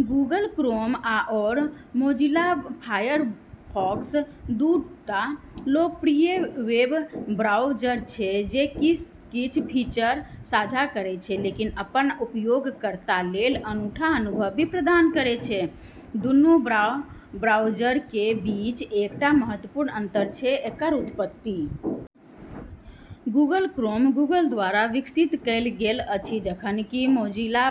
Google Chrome आओर Mozilla Firefox दू ता लोकप्रिय वेब ब्राउज़र छै जे किछ फीचर साझा करै छै, लेकिन अपन उपयोगकर्ता लेल अनूठा अनुभव भी प्रदान करै छै। दुन्नू ब्राउज़रके बीच एकटा महत्वपूर्ण अंतर छै एकर उत्पत्ति। गूगल क्रोम गूगल द्वारा विकसित कएल गेल अछि, जखन कि मोजिला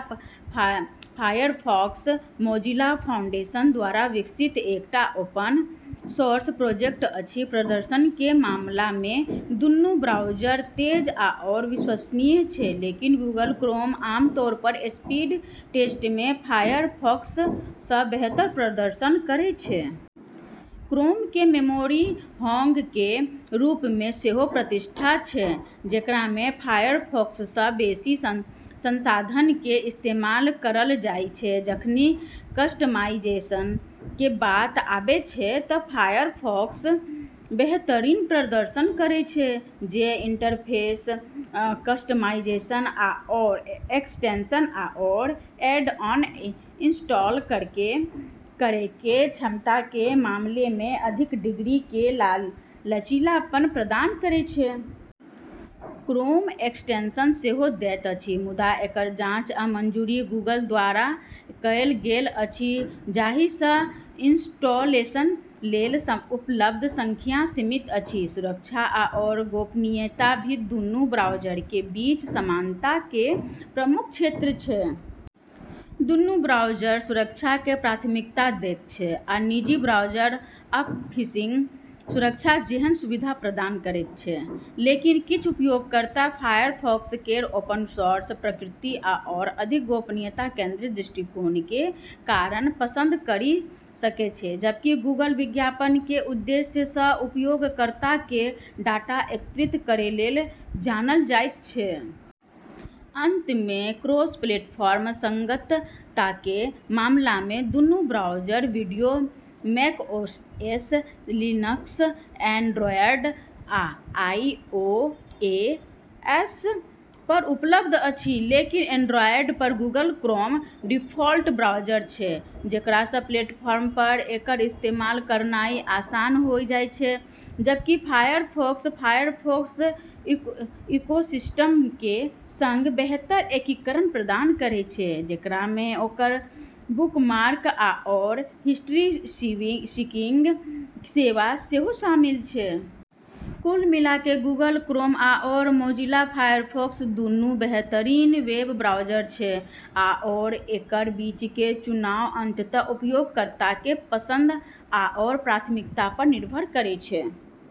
फायरफॉक्स मोजिला फाउंडेशन द्वारा विकसित एकटा ओपन-सोर्स प्रोजेक्ट अछि। प्रदर्शनके मामलामे दुन्नू ब्राउज़र तेज आओर विश्वसनीय छै, लेकिन गूगल क्रोम आम तौर पर स्पीड टेस्टमे फायरफॉक्ससँ बेहतर प्रदर्शन करै छै। क्रोमके मेमोरी हॉगके रूपमे सेहो प्रतिष्ठा छै, जेकरामे फायरफॉक्ससँ बेशी संसाधनके इस्तेमाल करल जाइ छै। जखनि कस्टमाइजेशनके बात आबै छै त' फायरफॉक्स बेहतरीन प्रदर्शन करै छै, जे इंटरफेस कस्टमाइजेशन आओर एक्सटेंशन आओर ऐड-ऑन इंस्टॉल करैके क्षमताके मामलामे अधिक डिग्रीके लचीलापन प्रदान करै छै। क्रोम एक्सटेंशन सेहो दैत अछि, मुदा एकर जाँच आ मंजूरी गूगल द्वारा कएल गेल अछि, जाहिसँ इंस्टॉलेशन लेल उपलब्ध संख्या सीमित अछि। सुरक्षा आओर गोपनीयता भी दुन्नू ब्राउज़रके बीच समानताके प्रमुख क्षेत्र छै। दुन्नू ब्राउज़र सुरक्षाके प्राथमिकता दैत छै आ निजी ब्राउजिंग आ फिशिंग सुरक्षा जेहन सुविधा प्रदान करैत छै। लेकिन किछ उपयोगकर्ता फायरफॉक्स केर ओपन-सोर्स प्रकृति आओर अधिक गोपनीयता केंद्रित दृष्टिकोणके कारण पसंद करि सकै छै, जबकि गूगल विज्ञापनके उद्देश्यसँ उपयोगकर्ताके डाटा एकत्रित करै लेल जानल जाइत छै। अंत में, क्रॉस-प्लेटफॉर्म संगतताके मामलामे, दुन्नू browser Windows, macOS, Linux, Android, आ आईओएस पर उपलब्ध अछि। लेकिन एंड्रॉयड पर गूगल क्रोम डिफ़ॉल्ट ब्राउज़र छै, जेकरासँ प्लेटफॉर्म पर एकर इस्तेमाल करनाइ आसान होइ जाइ छै, जबकि फायरफॉक्स, फायरफॉक्स इकोसिस्टमके सङ्ग बेहतर एकीकरण प्रदान करै छै, जेकरामे ओकर बुकमार्क आओर हिस्ट्री सिंकिंग सेवा सेहो शामिल छै। कुल मिलाके गूगल क्रोम आओर मोजिला फायरफॉक्स दुन्नू बेहतरीन वेब ब्राउज़र छै, आओर एकर बीचके चुनाव अंततः उपयोगकर्ताके पसंद आओर प्राथमिकता पर निर्भर करै छै।